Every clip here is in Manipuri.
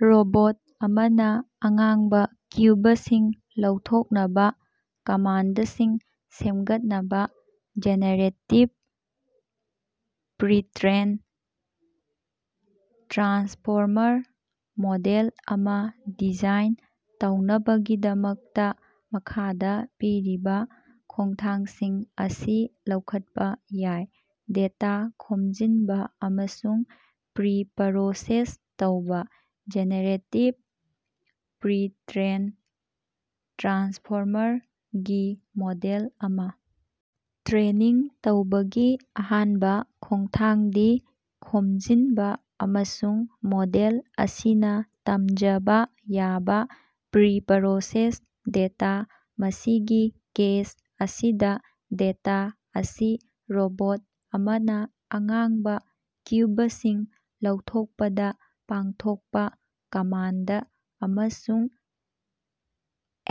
ꯔꯣꯕꯣꯠ ꯑꯃꯅ ꯑꯉꯥꯡꯕ ꯀ꯭ꯌꯨꯕꯁꯤꯡ ꯂꯧꯊꯣꯛꯅꯕꯥ ꯀꯃꯥꯟꯗꯁꯤꯡ ꯁꯦꯝꯒꯠꯅꯕꯥ ꯖꯦꯅꯦꯔꯦꯇꯤꯞ ꯄ꯭ꯔꯤꯇ꯭ꯔꯦꯟ ꯇ꯭ꯔꯥꯟꯁꯐꯣꯔꯃꯔ ꯃꯣꯗꯦꯜ ꯑꯃ ꯗꯤꯖꯥꯏꯟ ꯇꯧꯅꯕꯒꯤꯗꯃꯛꯇ ꯃꯈꯥꯗ ꯄꯤꯔꯤꯕ ꯈꯣꯡꯊꯥꯡꯁꯤꯡ ꯑꯁꯤ ꯂꯧꯈꯠꯄ ꯌꯥꯏ - ꯗꯦꯇꯥ ꯈꯣꯝꯖꯤꯟꯕ ꯑꯃꯁꯨꯡ ꯄ꯭ꯔꯤꯄꯔꯣꯁꯦꯁ ꯇꯧꯕ - ꯖꯦꯅꯦꯔꯦꯇꯤꯞ ꯄ꯭ꯔꯤꯇ꯭ꯔꯦꯟ ꯇ꯭ꯔꯥꯟꯁꯐꯣꯔꯃꯔ ꯒꯤ ꯃꯣꯗꯦꯜ ꯑꯃ ꯇ꯭ꯔꯦꯅꯤꯡ ꯇꯧꯕꯒꯤ ꯑꯍꯥꯟꯕ ꯈꯣꯡꯊꯥꯡꯗꯤ ꯈꯣꯝꯖꯤꯟꯕ ꯑꯃꯁꯨꯡ ꯃꯣꯗꯦꯜ ꯑꯁꯤꯅ ꯇꯝꯖꯕꯥ ꯌꯥꯕ ꯄ꯭ꯔꯤꯄꯔꯣꯁꯦꯁ ꯗꯦꯇꯥ꯫ ꯃꯁꯤꯒꯤ ꯀꯦꯁ ꯑꯁꯤꯗ ꯗꯦꯇꯥ ꯑꯁꯤ ꯔꯣꯕꯣꯠ ꯑꯃꯅ ꯑꯉꯥꯡꯕ ꯀ꯭ꯌꯨꯕꯁꯤꯡ ꯂꯧꯊꯣꯛꯄꯗ ꯄꯥꯡꯊꯣꯛꯄ ꯀꯃꯥꯟꯗ ꯑꯃꯁꯨꯡ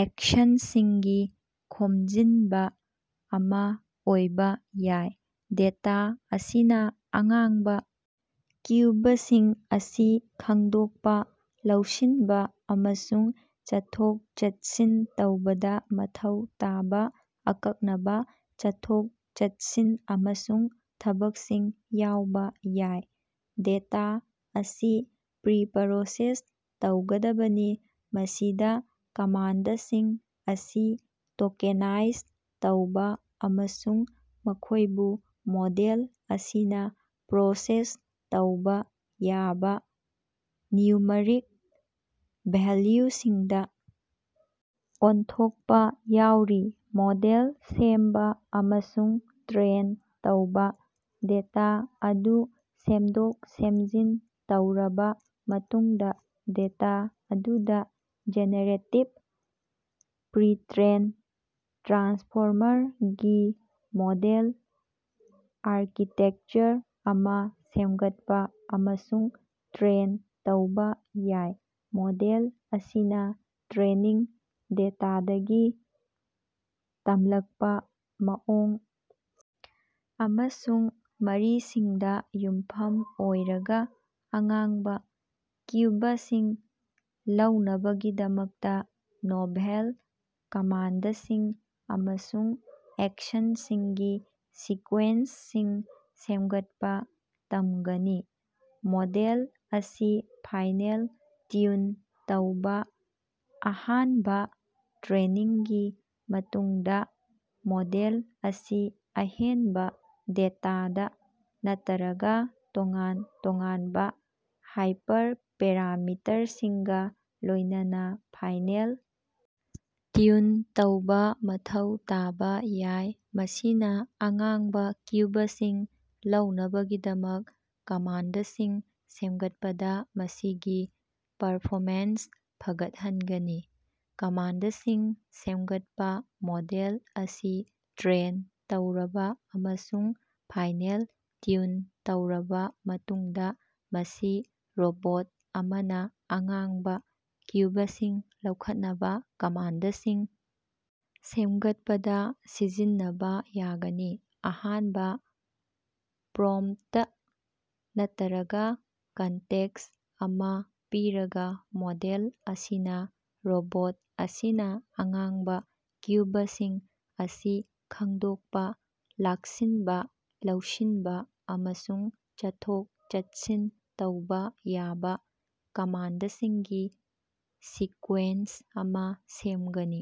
ꯑꯦꯛꯁꯟꯁꯤꯡꯒꯤ ꯈꯣꯝꯖꯤꯟꯕ ꯑꯃ ꯑꯣꯏꯕ ꯌꯥꯏ꯫ ꯗꯦꯇꯥ ꯑꯁꯤꯅ ꯑꯉꯥꯡꯕ ꯀ꯭ꯌꯨꯕꯁꯤꯡ ꯑꯁꯤ ꯈꯪꯗꯣꯛꯄ, ꯂꯧꯁꯤꯟꯕ ꯑꯃꯁꯨꯡ ꯆꯠꯊꯣꯛ-ꯆꯠꯁꯤꯟ ꯇꯧꯕꯗ ꯃꯊꯧ ꯇꯥꯕ ꯑꯀꯛꯅꯕ ꯆꯠꯊꯣꯛ-ꯆꯠꯁꯤꯟ ꯑꯃꯁꯨꯡ ꯊꯕꯛꯁꯤꯡ ꯌꯥꯎꯕ ꯌꯥꯏ꯫ ꯗꯦꯇꯥ ꯑꯁꯤ ꯄ꯭ꯔꯤꯄꯔꯣꯁꯦꯁ ꯇꯧꯒꯗꯕꯅꯤ, ꯃꯁꯤꯗ ꯀꯃꯥꯟꯗꯁꯤꯡ ꯑꯁꯤ ꯇꯣꯀꯦꯅꯥꯏꯖ ꯇꯧꯕ ꯑꯃꯁꯨꯡ ꯃꯈꯣꯏꯕꯨ ꯃꯣꯗꯦꯜ ꯑꯁꯤꯅ ꯄ꯭ꯔꯣꯁꯦꯁ ꯇꯧꯕ ꯌꯥꯕ ꯅ꯭ꯌꯨꯃꯔꯤꯛ ꯚꯦꯂ꯭ꯌꯨꯁꯤꯡꯗ ꯑꯣꯟꯊꯣꯛꯄ ꯌꯥꯎꯔꯤ꯫ ꯃꯣꯗꯦꯜ ꯁꯦꯝꯕ ꯑꯃꯁꯨꯡ ꯇ꯭ꯔꯦꯟ ꯇꯧꯕ - ꯗꯦꯇꯥ ꯑꯗꯨ ꯁꯦꯝꯗꯣꯛ-ꯁꯦꯝꯖꯤꯟ ꯇꯧꯔꯕꯥ ꯃꯇꯨꯡꯗ, ꯗꯦꯇꯥ ꯑꯗꯨꯗ ꯖꯦꯅꯦꯔꯦꯇꯤꯞ ꯄ꯭ꯔꯤꯇ꯭ꯔꯦꯟ ꯇ꯭ꯔꯥꯟꯁꯐꯣꯔꯃꯔ ꯒꯤ ꯃꯣꯗꯦꯜ ꯑꯥꯔꯀꯤꯇꯦꯛꯆꯔ ꯑꯃ ꯁꯦꯝꯒꯠꯄ ꯑꯃꯁꯨꯡ ꯇ꯭ꯔꯦꯟ ꯇꯧꯕ ꯌꯥꯏ꯫ ꯃꯣꯗꯦꯜ ꯑꯁꯤꯅ ꯇ꯭ꯔꯦꯅꯤꯡ ꯗꯦꯇꯥꯗꯒꯤ ꯇꯝꯂꯛꯄ ꯃꯑꯣꯡ ꯑꯃꯁꯨꯡ ꯃꯔꯤꯁꯤꯡꯗ ꯌꯨꯝꯐꯝ ꯑꯣꯏꯔꯒꯥ, ꯑꯉꯥꯡꯕ ꯀ꯭ꯌꯨꯕꯁꯤꯡ ꯂꯧꯅꯕꯒꯤꯗꯃꯛꯇ ꯅꯣꯚꯦꯜ ꯀꯃꯥꯟꯗꯁꯤꯡ ꯑꯃꯁꯨꯡ ꯑꯦꯛꯁꯟꯁꯤꯡꯒꯤ ꯁꯤꯀ꯭ꯋꯦꯟꯁꯁꯤꯡ ꯁꯦꯝꯒꯠꯄ ꯇꯝꯒꯅꯤ꯫ ꯃꯣꯗꯦꯜ ꯑꯁꯤ ꯐꯥꯏꯅꯦꯜ ꯇ꯭ꯌꯨꯟ ꯇꯧꯕ - ꯑꯍꯥꯟꯚ ꯇ꯭ꯔꯦꯅꯤꯡꯒꯤ ꯃꯇꯨꯡꯗ, ꯃꯣꯗꯦꯜ ꯑꯁꯤ ꯑꯍꯦꯟꯕ ꯗꯦꯇꯥꯗ, ꯅꯠꯇꯔꯒ ꯇꯣꯉꯥꯟ ꯇꯣꯉꯥꯟꯕ ꯍꯥꯏꯄꯔꯄꯦꯔꯥꯃꯤꯇꯔꯁꯤꯡꯒ ꯂꯣꯏꯅꯅ ꯐꯥꯏꯅꯦꯜ ꯇ꯭ꯌꯨꯟ ꯇꯧꯕ ꯃꯊꯧ ꯇꯥꯕ ꯌꯥꯏ, ꯃꯁꯤꯅ ꯑꯉꯥꯡꯕ ꯀ꯭ꯌꯨꯕꯁꯤꯡ ꯂꯧꯅꯕꯒꯤꯗꯃꯛ ꯀꯃꯥꯟꯗꯁꯤꯡ ꯁꯦꯝꯒꯠꯄꯗ ꯃꯁꯤꯒꯤ ꯄꯔꯐꯣꯃꯦꯟꯁ ꯐꯒꯠꯍꯟꯒꯅꯤ꯫ ꯀꯃꯥꯟꯗꯁꯤꯡ ꯁꯦꯝꯒꯠꯄ - ꯃꯣꯗꯦꯜ ꯑꯁꯤ ꯇ꯭ꯔꯦꯟ ꯇꯧꯔꯕ ꯑꯃꯁꯨꯡ ꯐꯥꯏꯅꯦꯜ ꯇ꯭ꯌꯨꯟ ꯇꯧꯔꯕ ꯃꯇꯨꯡꯗ ꯃꯁꯤ ꯔꯣꯕꯣꯠ ꯑꯃꯅ ꯑꯉꯥꯡꯕ ꯀ꯭ꯌꯨꯕꯁꯤꯡ ꯂꯧꯈꯠꯅꯕꯥ ꯀꯃꯥꯟꯗꯁꯤꯡ ꯁꯦꯝꯒꯠꯄꯗ ꯁꯤꯖꯤꯟꯅꯕꯥ ꯌꯥꯒꯅꯤ꯫ ꯑꯍꯥꯟꯕ ꯄ꯭ꯔꯣꯝ꯭ꯞꯇ ꯅꯠꯇꯔꯒ ꯀꯟꯇꯦꯛꯁ ꯑꯃ ꯄꯤꯔꯒ, ꯃꯣꯗꯦꯜ ꯑꯁꯤꯅ ꯔꯣꯕꯣꯠ ꯑꯁꯤꯅ ꯑꯉꯥꯡꯕ ꯀ꯭ꯌꯨꯕꯁꯤꯡ ꯑꯁꯤ ꯈꯪꯗꯣꯛꯄ, ꯂꯥꯛꯁꯤꯟꯕ, ꯂꯧꯁꯤꯟꯕ ꯑꯃꯁꯨꯡ ꯆꯠꯊꯣꯛ-ꯆꯠꯁꯤꯟ ꯇꯧꯕ ꯌꯥꯕ ꯀꯃꯥꯟꯗꯁꯤꯡꯒꯤ ꯁꯤꯀ꯭ꯋꯦꯟꯁ ꯑꯃ ꯁꯦꯝꯒꯅꯤ꯫